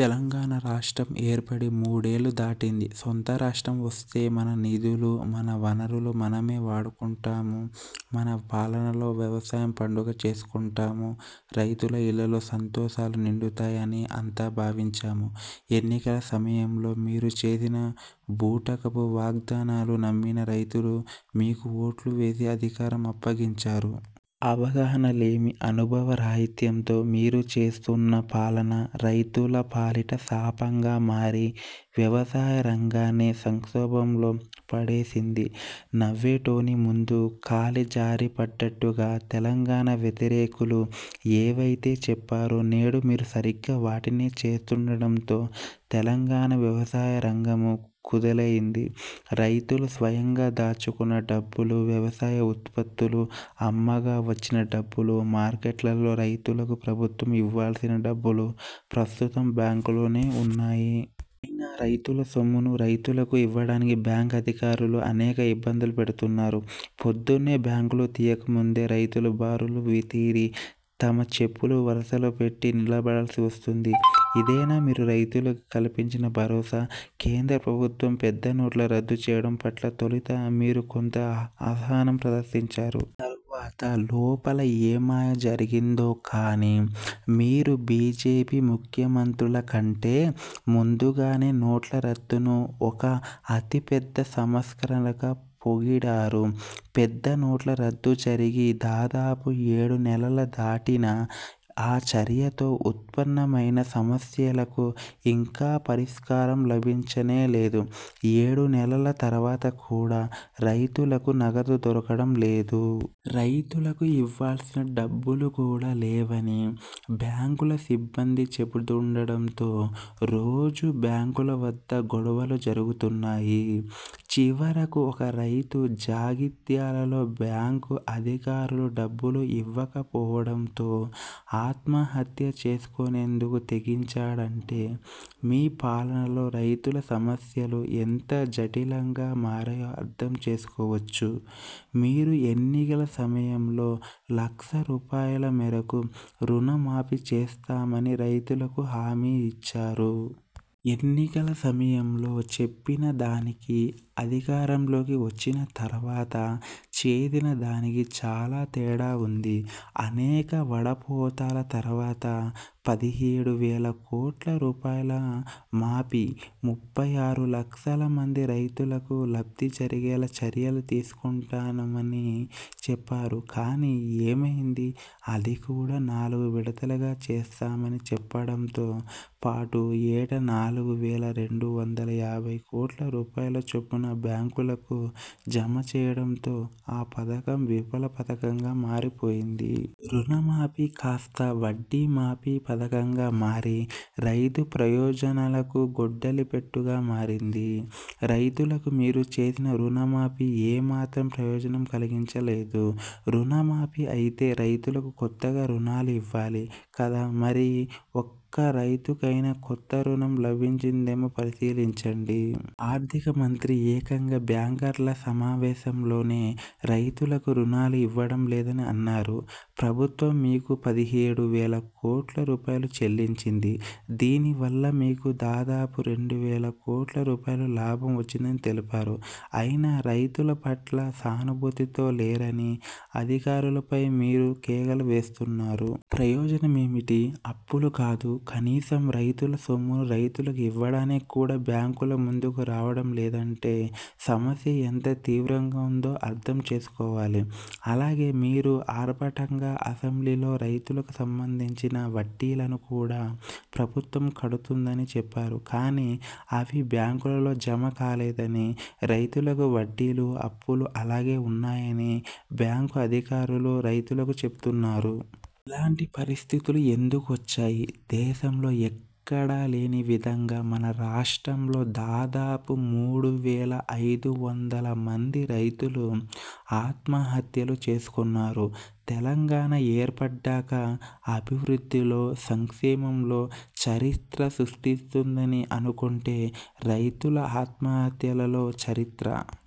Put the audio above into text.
తెలంగాణ రాష్ట్రం ఏర్పడి మూడేళ్లు దాటింది. సొంత రాష్ట్రం వస్తే మన నిధులు, మన వనరులు మనమే వాడుకుంటాం మన పాలనలో వ్యవసాయం పండుగ చేసుకుంటాం రైతుల ఇళ్ళలో సంతోషాలు నిండుతాయి అని అంతా భావించాము. ఎన్నికల సమయంలో మీరు చేసిన బూటకపు వాగ్దా నాలు నమ్మిన రైతులు మీకు ఓట్లు వేసి అధికారం అప్పగించారు. అవగాహన లేమి, అనుభవ రాహిత్యంతో మీరు చేస్తున్న పాలన రైతుల పాలిట శాపంగా మారి వ్యవసాయ రంగాన్ని సంక్షోభంలో పడేసింది. నవ్వేటోని ముందు కాలి జారిపడ్డట్టుగా తెలంగాణ వ్యతిరేకులు ఏవైతే చెప్పారో నేడు మీరు సరిగ్గా వాటినే చేస్తుండడంతో తెలంగాణ వ్యవసాయ రంగం కుదేలయింది. రైతులు స్వయంగా దాచుకున్న డబ్బులు, వ్యవసాయ ఉత్పత్తులు అమ్మగా వచ్చిన డబ్బులు, మార్కెట్లలో రైతులకు ప్రభుత్వం ఇవ్వాల్సిన డబ్బులు ప్రస్తుతం బ్యాంకులలోనే ఉన్నాయి. అయినా రైతుల సొమ్మును రైతులకు ఇవ్వడానికి బ్యాంకు అధికారులు అనేక ఇబ్బందులు పెడుతున్నారు! పొద్దున్నే బ్యాంకులు తీయకముందే రైతులు బారులు తీరి, తమ చెప్పులు వరసలో పెట్టి నిలబడాల్సి వస్తోంది. ఇదేనా మీరు రైతులకు కల్పించిన భరోసా? కేంద్ర ప్రభుత్వం పెద్ద నోట్ల రద్దు చేయడం పట్ల తొలుత మీరు కొంత అసహనం ప్రదర్శించారు. తరువాత లోపల ఏమాయ జరిగిందో కానీ మీరు బిజెపి ముఖ్యమంత్రులకంటే ముందుగానే నోట్ల రద్దును ఒక అతిపెద్ద సంస్కరణగా పొగిడారు. పెద్ద నోట్ల రద్దు జరిగి దాదాపు ఏడు నెలల దాటినా, ఆ చర్యతో ఉత్పన్నమైన సమస్యలకు ఇంకా పరిష్కారం లభించనే లేదు. ఏడు నెలల తరువాత కూడా రైతులకు నగదు దొరకడం లేదు. రైతులకు ఇవ్వాల్సిన డబ్బులుకూడా లేవని బ్యాంకుల సిబ్బంది చెబుతుండటంతో రోజూ బ్యాంకుల వద్ద గొడవలు జరుగుతున్నాయి. చివరకు ఒక రైతు జగిత్యాలలో బ్యాంకు అధికారులు డబ్బులు ఇవ్వకపోవడంతో ఆత్మహత్య చేసుకునేందుకు తెగించాడంటే మీ పాలనలో రైతుల సమస్యలు ఎంత జటిలంగా మారాయో అర్థం చేసుకోవచ్చు. మీరు ఎన్నికల సమయంలో లక్ష రూపాయల మేరకు రుణ మాఫీ చేస్తామని రైతులకు హామీ ఇచ్చారు. ఎన్నికల సమయంలో చెప్పిన దానికి అధికారంలోకి వచ్చిన తరువాత చేసిన దానికి చాలా తేడా ఉంది. అనేక వడపోతల తరువాత పదిహేడు వేల కోట్ల రూపాయల మాఫీ, ముప్పై ఆరు లక్షల మంది రైతులకు లబ్ధి జరిగేలా చర్యలు తీసుకుంటున్నామని చెప్పారు. కానీ ఏమయింది? అది కూడా నాలుగు విడతలుగా చేస్తామని చెప్పడంతో పాటు ఏటా నాలుగు వేల రెండు వందల యాభై కోట్ల రూపాయల చొప్పున బ్యాంకులకు జమ చేయడంతో ఆ పథకం విఫల పథకంగా మారిపోయింది. రుణ మాఫీ కాస్తా, వడ్డీ మాఫీ పథకంగా మారి రైతు ప్రయోజనాలకు గొడ్డలిపెట్టుగా మారింది. రైతులకు మీరు చేసిన రుణ మాఫీ ఏ మాత్రం ప్రయోజనం కలిగించలేదు, రుణ మాఫీ అయితే రైతులకు కొత్తగా రుణాలు ఇవ్వాలి కదా. మరి ఒక్క రైతుకైనా కొత్త రుణం లభించిందేమో పరిశీలించండి. ఆర్థిక మంత్రి ఏకంగా బ్యాంకర్ల సమావేశంలోనే రైతులకు రుణాలు ఇవ్వడం లేదని అన్నారు. ప్రభుత్వం మీకు పదిహేడు వేల కోట్ల రూపాయలు చెల్లించింది. దీని వల్ల మీకు దాదాపు రెండు వేల కోట్ల రూపాయల లాభం వచ్చిందని తెలిపారు. అయినా, రైతుల పట్ల సానుభూతితో లేరని అధికారులపై మీరు కేకలు వేస్తున్నారు. ప్రయోజనమేమిటి? అప్పులు కాదు, కనీసం రైతుల సొమ్మును రైతులకు ఇవ్వడానికి కూడా బ్యాంకులు ముందుకు రావడం లేదంటే సమస్య ఎంత తీవ్రంగా ఉందో అర్థం చేసుకోవాలి. అలాగే మీరు ఆర్భాటంగా అసెంబ్లీలలో రైతులకు సంబంధించిన వడ్డీలను కూడా ప్రభుత్వం కడుతుందని చెప్పారు. కానీ అవి బ్యాంకులలో జమ కాలేదని, రైతులకు వడ్డీలు, అప్పులు అలాగే ఉన్నాయని బ్యాంకు అధికారులు రైతులకు చెపుతున్నారు. ఇలాంటి పరిస్థితులు ఎందుకు వచ్చాయి? దేశంలో ఎక్కడా లేని విధంగా మన రాష్ట్రంలో దాదాపు మూడు వేల ఐదు వందల మంది రైతులు ఆత్మహత్యలు చేసుకున్నారు. తెలంగాణ ఏర్పడ్డాక అభివృద్ధిలో, సంక్షేమంలో చరిత్ర సృష్టిస్తుందని అనుకుంటే రైతుల ఆత్మహత్యలలో చరిత్ర